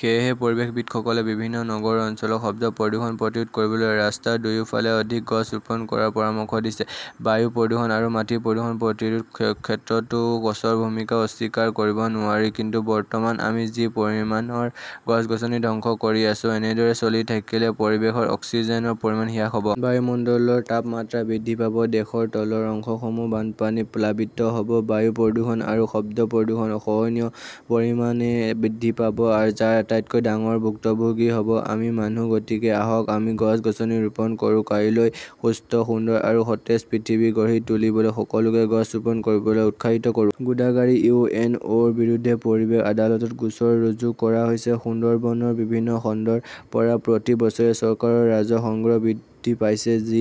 সেয়েহে পৰিৱেশবিদসকলে বিভিন্ন নগৰ অঞ্চলত শব্দ প্ৰদূষণ প্ৰতিৰোধ কৰিবলৈ ৰাস্তাৰ দুয়োফালে অধিক গছ ৰোপণ কৰাৰ পৰামৰ্শ দিছে। বায়ু প্ৰদূষণ আৰু মাটি প্ৰদূষণ প্ৰতিৰোধৰ ক্ষেত্ৰতো গছৰ ভূমিকা অস্বীকাৰ কৰিব নোৱাৰি। কিন্তু বৰ্তমান আমি যি পৰিমাণৰ গছ-গছনি ধ্বংস কৰি আছো, এনেদৰে চলি থাকিলে পৰিৱেশত অক্সিজেনৰ পৰিমাণ হ্ৰাস পাব। বায়ুমণ্ডলৰ তাপমাত্ৰা বৃদ্ধি পাব। দেশৰ তলৰ অংশসমূহ বানপানীত প্লাবিত হ'ব। বায়ু প্ৰদূষণ আৰু শব্দ প্ৰদূষণ অসহনীয় পৰিমাণে বৃদ্ধি পাব, যাৰ আটাইতকৈ ডাঙৰ ভুক্তভোগী হ'ব আমি মানুহ। গতিকে আহক আমি গছ-গছনি ৰোপণ কৰো। কাইলৈৰ সুস্থ, সুন্দৰ আৰু সতেজ পৃথিৱী গঢ়ি তুলিবলৈ সকলোকে গছ ৰোপণ কৰিবলৈ উৎসাহিত কৰো। গোদাগাড়ীৰ ইউ. এন. অ'. -ৰ বিৰুদ্ধে পৰিৱেশ আদালতত গোচৰ ৰুজু কৰা হৈছে। সুন্দৰবনৰ বিভিন্ন খণ্ডৰ পৰা প্ৰতি বছৰে চৰকাৰৰ ৰাজহ সংগ্ৰহ বৃদ্ধি পাইছে, যি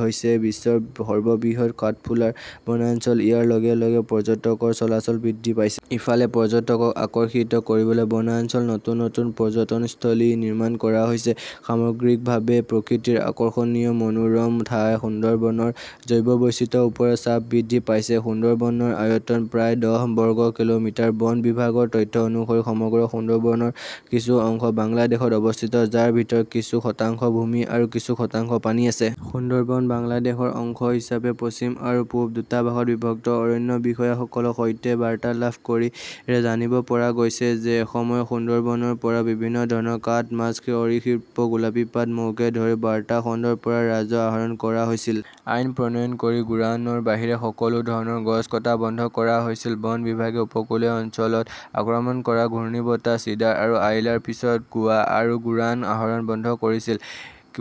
হৈছে বিশ্বৰ সৰ্ববৃহৎ কাঠফুলাৰ বনাঞ্চল। ইয়াৰ লগে লগে পৰ্যটকৰ চলাচল বৃদ্ধি পাইছে। ইফালে, পৰ্যটকক আকৰ্ষিত কৰিবলৈ বনাঞ্চলত নতুন নতুন পৰ্যটনস্থলী নিৰ্মাণ কৰা হৈছে। সামগ্ৰিকভাৱে, প্ৰকৃতিৰ আকৰ্ষণীয় মনোৰম ঠাই সুন্দৰবনৰ জৈৱ বৈচিত্ৰ্যৰ ওপৰত চাপ বৃদ্ধি পাইছে। সুন্দৰবনৰ আয়তন প্ৰায় দহ বৰ্গ কিলোমিটাৰ। বন বিভাগৰ তথ্য অনুসৰি সমগ্ৰ সুন্দৰবনৰ কিছু অংশ বাংলাদেশত অৱস্থিত, যাৰ ভিতৰত কিছু শতাংশ ভূমি আৰু কিছু শতাংশ পানী আছে। সুন্দৰবন বাংলাদেশৰ অংশ হিচাপে পশ্চিম আৰু পূব দুটা ভাগত বিভক্ত। অৰণ্য বিষয়াসকলৰ সৈতে বাৰ্তালাপ কৰি জানিব পৰা গৈছে যে এসময়ত সুন্দৰবনৰ পৰা বিভিন্ন ধৰণৰ কাঠ, মাছ, সৰীসৃপ, গোলাপী পাত, মৌকে ধৰি বাৰটা খণ্ডৰ পৰা ৰাজহ আহৰণ কৰা হৈছিল। আইন প্ৰণয়ন কৰি গোৰানৰ বাহিৰে সকলো ধৰণৰ গছ কটা বন্ধ কৰা হৈছিল। বন বিভাগে উপকূলীয় অঞ্চলত আক্ৰমণ কৰা ঘূৰ্ণীবতাহ চিডাৰ আৰু আইলাৰ পিছত গোৱা আৰু গোৰান আহৰণ বন্ধ কৰিছিল।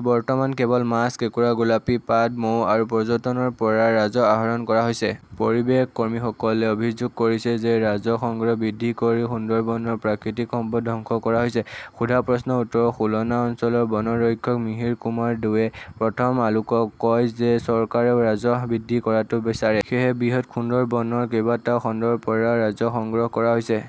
বৰ্তমান কেৱল মাছ, কেঁকোৰা, গোলাপী পাত, মৌ আৰু পৰ্যটনৰ পৰা ৰাজহ আহৰণ কৰা হৈছে। পৰিৱেশ কৰ্মীসকলে অভিযোগ কৰিছে যে ৰাজহ সংগ্ৰহ বৃদ্ধি কৰি সুন্দৰবনৰ প্ৰাকৃতিক সম্পদ ধ্বংস কৰা হৈছে। সোধা প্ৰশ্নৰ উত্তৰত খুলনা অঞ্চলৰ বনৰক্ষক মিহিৰ কুমাৰ ডোৱে প্ৰথম আলোকক কয় যে চৰকাৰে ৰাজহ বৃদ্ধি কৰাটো বিচাৰে। সেয়েহে, বৃহৎ সুন্দৰবনৰ কেইবাটাও খণ্ডৰ পৰা ৰাজহ সংগ্ৰহ কৰা হৈছে।